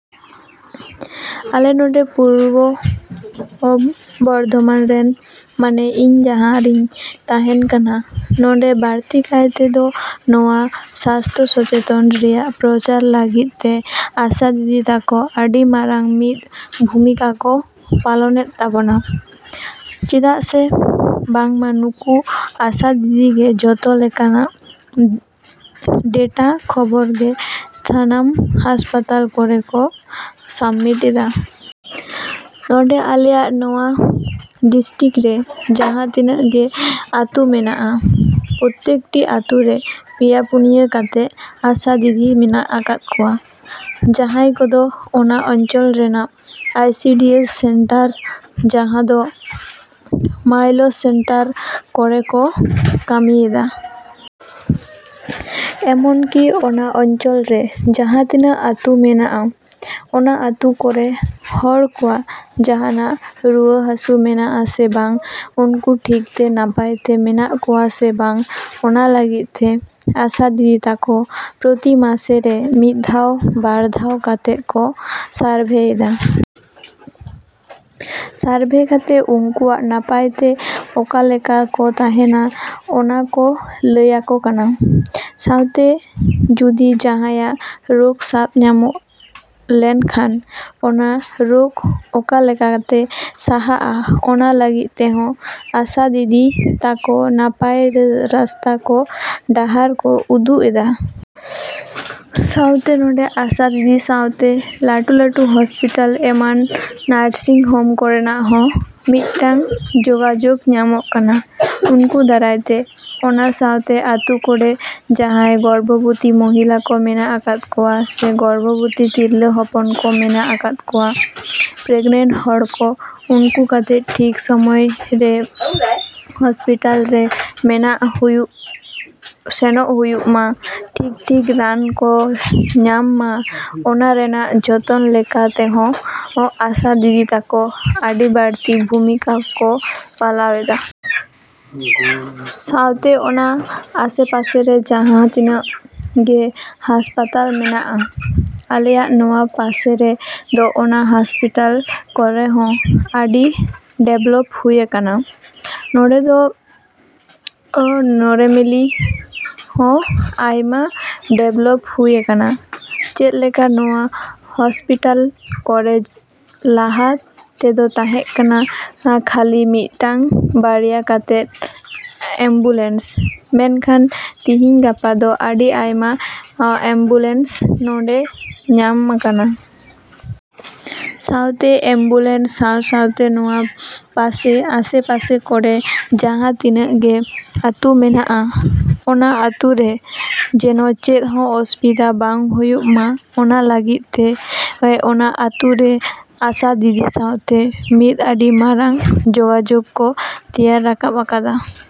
‎ᱟᱞᱮ ᱱᱚᱰᱮ ᱯᱩᱨᱵᱚ ᱵᱚᱨᱫᱷᱚᱢᱟᱱ ᱨᱮ ᱢᱟᱱᱮ ᱤᱧ ᱡᱟᱦᱟᱸ ᱨᱤᱧ ᱛᱟᱦᱮᱸᱱ ᱠᱟᱱᱟ, ᱱᱚᱰᱮ ᱵᱟᱲᱛᱤ ᱠᱟᱭᱛᱮᱫ ᱫᱚ ᱱᱚᱣᱟ ᱥᱟᱥᱛᱷᱚ ᱥᱚᱪᱮᱛᱚᱱ ᱨᱮᱱᱟᱜ ᱯᱨᱚᱪᱟᱨ ᱞᱟᱹᱜᱤᱫ ᱛᱮ ᱟᱥᱟ ᱫᱤᱫᱤ ᱛᱟᱠᱚ ᱟᱹᱰᱤ ᱢᱟᱨᱟᱝ ᱢᱤᱫ ᱵᱷᱩᱢᱤᱠᱟ ᱠᱚ ᱯᱟᱞᱚᱱᱮᱫ ᱛᱟᱵᱚᱱᱟ᱾ ᱪᱮᱫᱟᱜ ᱥᱮ ᱵᱟᱝ ᱱᱩᱠᱩ ᱟᱥᱟ ᱫᱤᱫᱤ ᱜᱮ ᱡᱚᱛᱚ ᱞᱮᱠᱟᱱᱟᱜ ᱰᱮᱴᱟ ᱠᱷᱚᱵᱚᱨ ᱜᱮ ᱥᱟᱱᱟᱢ ᱦᱚᱥᱯᱤᱴᱟᱞ ᱠᱚᱨᱮ ᱠᱚ ᱥᱟᱵᱢᱤᱴ ᱮᱫᱟ᱾ ᱱᱚᱰᱮ ᱟᱞᱮᱭᱟᱜ ᱱᱚᱣᱟ ᱰᱤᱥᱴᱤᱠ ᱨᱮ ᱡᱟᱦᱟᱸ ᱛᱤᱱᱟᱹᱜ ᱜᱮ ᱟᱹᱛᱩ ᱢᱮᱱᱟᱜᱼᱟ, ᱯᱚᱛᱮᱠ ᱴᱤ ᱟᱹᱛᱩ ᱨᱮ ᱯᱮᱭᱟ ᱯᱩᱱᱭᱟᱹ ᱠᱟᱛᱮᱫ ᱟᱥᱟ ᱫᱤᱫᱤ ᱢᱮᱱᱟᱜ ᱟᱠᱟᱫ ᱠᱚᱣᱟ, ᱡᱟᱦᱟᱭ ᱠᱚᱫᱚ ᱚᱱᱟ ᱚᱧᱪᱚᱞ ᱨᱮᱱᱟᱜ ᱟᱭᱥᱤᱰᱤᱭᱮᱥ ᱥᱮᱱᱴᱟᱨ ᱡᱟᱦᱟᱸ ᱫᱚ ᱢᱟᱭᱞᱚ ᱥᱮᱱᱴᱟᱨ ᱠᱚᱨᱮ ᱠᱚ ᱠᱟᱹᱢᱤᱭᱮᱫᱟ᱾ ᱮᱢᱚᱱ ᱠᱤ ᱚᱱᱟ ᱚᱧᱪᱚᱞ ᱨᱮ ᱡᱟᱦᱟᱸ ᱛᱤᱱᱟᱹᱜ ᱟᱹᱛᱩ ᱢᱮᱱᱟᱜᱼᱟ, ᱚᱱᱟ ᱟᱹᱛᱩ ᱠᱚᱨᱮᱱ ᱦᱚᱲ ᱠᱚᱣᱟᱜ ᱡᱟᱦᱟᱱᱟᱜ ᱨᱩᱣᱟᱹ ᱦᱟᱥᱩ ᱢᱮᱱᱟᱜᱼᱟ ᱥᱮ ᱵᱟᱝ ᱩᱱᱠᱩ ᱴᱷᱤᱠ ᱛᱮ ᱱᱟᱯᱟᱭ ᱛᱮ ᱢᱮᱱᱟᱜ ᱠᱚᱣᱟ ᱥᱮ ᱵᱟᱝ, ᱚᱱᱟ ᱞᱟᱹᱜᱤᱫ ᱛᱮ ᱟᱥᱟ ᱫᱤᱫᱤ ᱛᱟᱠᱚ ᱯᱨᱚᱛᱤ ᱢᱟᱥᱮ ᱨᱮ ᱢᱤᱫ ᱫᱷᱟᱣ ᱵᱟᱨ ᱫᱷᱟᱣ ᱠᱟᱛᱮᱫ ᱠᱚ ᱥᱟᱨᱵᱷᱮᱭ ᱫᱟ᱾ ᱥᱟᱨᱵᱷᱮ ᱠᱟᱛᱮᱫ ᱩᱱᱠᱩᱣᱟᱜ ᱱᱟᱯᱟᱭ ᱛᱮ ᱚᱠᱟᱞᱮᱠᱟ ᱠᱚ ᱛᱟᱦᱮᱸᱱᱟ ᱚᱱᱟ ᱠᱚ ᱞᱟᱹᱭ ᱟᱠᱚ ᱠᱟᱱᱟ᱾ ᱥᱟᱶᱛᱮ ᱡᱩᱫᱤ ᱡᱟᱦᱟᱭᱟᱜ ᱨᱳᱠ ᱥᱟᱵᱽ ᱧᱟᱢ ᱞᱮᱱᱠᱷᱟᱱ, ᱚᱱᱟ ᱨᱳᱠ ᱚᱠᱟ ᱞᱮᱠᱟᱛᱮ ᱥᱟᱦᱟᱜᱼᱟ ᱚᱱᱟ ᱞᱟᱹᱜᱤᱫ ᱛᱮᱦᱚᱸ ᱟᱥᱟ ᱫᱤᱫᱤ ᱛᱟᱠᱚ ᱱᱟᱯᱟᱭ ᱨᱟᱥᱛᱟ ᱠᱚ ᱰᱟᱦᱟᱨ ᱠᱚ ᱩᱫᱩᱜ ᱮᱫᱟ᱾ ᱥᱟᱶᱛᱮ ᱱᱚᱰᱮ ᱟᱥᱟ ᱫᱤᱫᱤ ᱥᱟᱶᱛᱮ ᱞᱟᱹᱴᱩ ᱞᱟᱹᱴᱩ ᱦᱚᱥᱯᱤᱴᱟᱞ ᱮᱢᱟᱱ ᱱᱟᱨᱥᱤᱝ ᱦᱚᱢ ᱠᱚᱨᱮᱱᱟᱜ ᱦᱚᱸ ᱢᱤᱫᱴᱟᱝ ᱡᱚᱜᱟᱡᱚᱜ ᱧᱟᱢᱚᱜ ᱠᱟᱱᱟ ᱩᱱᱠᱩ ᱫᱟᱨᱟᱭ ᱛᱮ᱾ ᱚᱱᱟ ᱥᱟᱶᱛᱮ ᱟᱹᱛᱩ ᱠᱚᱨᱮ ᱡᱟᱦᱟᱭ ᱜᱚᱨᱵᱚᱵᱚᱛᱤ ᱢᱚᱦᱤᱞᱟ ᱠᱚ ᱢᱮᱱᱟᱜ ᱟᱠᱟᱫ ᱠᱚᱣᱟ ᱥᱮ ᱜᱚᱨᱵᱷᱚᱵᱚᱛᱤ ᱛᱤᱨᱞᱟᱹ ᱦᱚᱯᱚᱱ ᱠᱚ ᱢᱮᱱᱟᱜ ᱟᱠᱟᱫ ᱠᱚᱣᱟ, ᱯᱮᱜᱱᱮᱴ ᱦᱚᱲ ᱠᱚ, ᱩᱱᱠᱩ ᱡᱟᱛᱮ ᱴᱷᱤᱠ ᱥᱚᱢᱚᱭ ᱨᱮ ᱦᱚᱥᱯᱤᱴᱟᱞ ᱨᱮ ᱥᱮᱱᱚᱜ ᱦᱩᱭᱩᱜ ᱢᱟ, ᱴᱷᱤᱠᱼᱴᱷᱤᱠ ᱨᱟᱱ ᱠᱚᱭ ᱧᱟᱢ ᱢᱟ, ᱚᱱᱟ ᱨᱮᱱᱟᱜ ᱡᱚᱛᱚᱱᱚ ᱞᱮᱠᱟ ᱛᱮᱦᱚᱸ ᱟᱥᱟ ᱫᱤᱫᱤ ᱛᱟᱠᱚ ᱟᱹᱰᱤ ᱵᱟᱲᱛᱤ ᱵᱷᱩᱢᱤᱠᱟ ᱠᱚ ᱯᱟᱞᱟᱣ ᱮᱫᱟ᱾ ᱥᱟᱶᱛᱮ ᱚᱱᱟ ᱟᱥᱮ ᱯᱟᱥᱮ ᱨᱮ ᱡᱟᱦᱟᱸ ᱛᱤᱱᱟᱹᱜ ᱜᱮ ᱦᱚᱥᱯᱤᱴᱟᱞ ᱢᱮᱱᱟᱜᱼᱟ ᱟᱞᱮᱭᱟᱜ ᱱᱚᱣᱟ ᱯᱟᱥᱮ ᱨᱮ ᱫᱚ ᱚᱱᱟ ᱦᱚᱥᱯᱤᱴᱟᱞ ᱠᱚᱨᱮ ᱦᱚᱸ ᱟᱹᱰᱤ ᱰᱮᱵᱞᱚᱯ ᱦᱩᱭ ᱟᱠᱟᱱᱟ᱾ ᱱᱚᱰᱮ ᱫᱚ ᱱᱚᱨᱢᱮᱞᱤ ᱦᱚᱸ ᱟᱭᱢᱟ ᱰᱮᱵᱞᱚᱯ ᱦᱩᱭ ᱟᱠᱟᱱᱟ᱾ ᱪᱮᱫ ᱞᱮᱠᱟ ᱱᱚᱣᱟ ᱦᱚᱥᱯᱤᱴᱟᱞ ᱠᱚᱨᱮ ᱞᱟᱦᱟ ᱛᱮᱫᱚ ᱛᱟᱦᱮᱸ ᱠᱟᱱᱟ ᱠᱷᱟᱹᱞᱤ ᱢᱤᱫᱴᱟᱝ ᱵᱟᱨᱭᱟ ᱠᱟᱛᱮᱫ ᱮᱢᱵᱩᱞᱮᱱᱥ, ᱢᱮᱱᱠᱷᱟᱱ ᱛᱤᱦᱤᱧ ᱜᱟᱯᱟ ᱫᱚ ᱟᱹᱰᱤ ᱟᱭᱢᱟ ᱮᱢᱵᱩᱞᱮᱱᱥ ᱱᱚᱰᱮ ᱧᱟᱢ ᱟᱠᱟᱱᱟ᱾ ᱥᱟᱶᱛᱮ ᱮᱢᱵᱩᱞᱮᱱᱥ ᱥᱟᱶᱼᱥᱟᱶᱛᱮ ᱱᱚᱣᱟ ᱯᱟᱥᱮ ᱟᱥᱮᱯᱟᱥᱮ ᱠᱚᱨᱮ ᱡᱟᱦᱟᱸ ᱛᱤᱱᱟᱹᱜ ᱜᱮ ᱟᱹᱛᱩ ᱢᱮᱱᱟᱜᱼᱟ, ᱚᱱᱟ ᱟᱹᱛᱩ ᱨᱮ ᱡᱮᱱᱚ ᱪᱮᱫ ᱦᱚᱸ ᱚᱥᱩᱵᱤᱫᱟ ᱵᱟᱝ ᱦᱩᱭᱩᱜ ᱢᱟ, ᱚᱱᱟ ᱞᱟᱹᱜᱤᱫ ᱛᱮ ᱚᱱᱟ ᱟᱹᱛᱩ ᱨᱮ ᱟᱥᱟ ᱫᱤᱫᱤ ᱥᱟᱶᱛᱮ ᱢᱤᱫ ᱟᱹᱰᱤ ᱢᱟᱨᱟᱝ ᱡᱚᱜᱟᱡᱚᱜ ᱠᱚ ᱛᱮᱭᱟᱨ ᱨᱟᱠᱟᱵ ᱟᱠᱟᱫᱟ᱾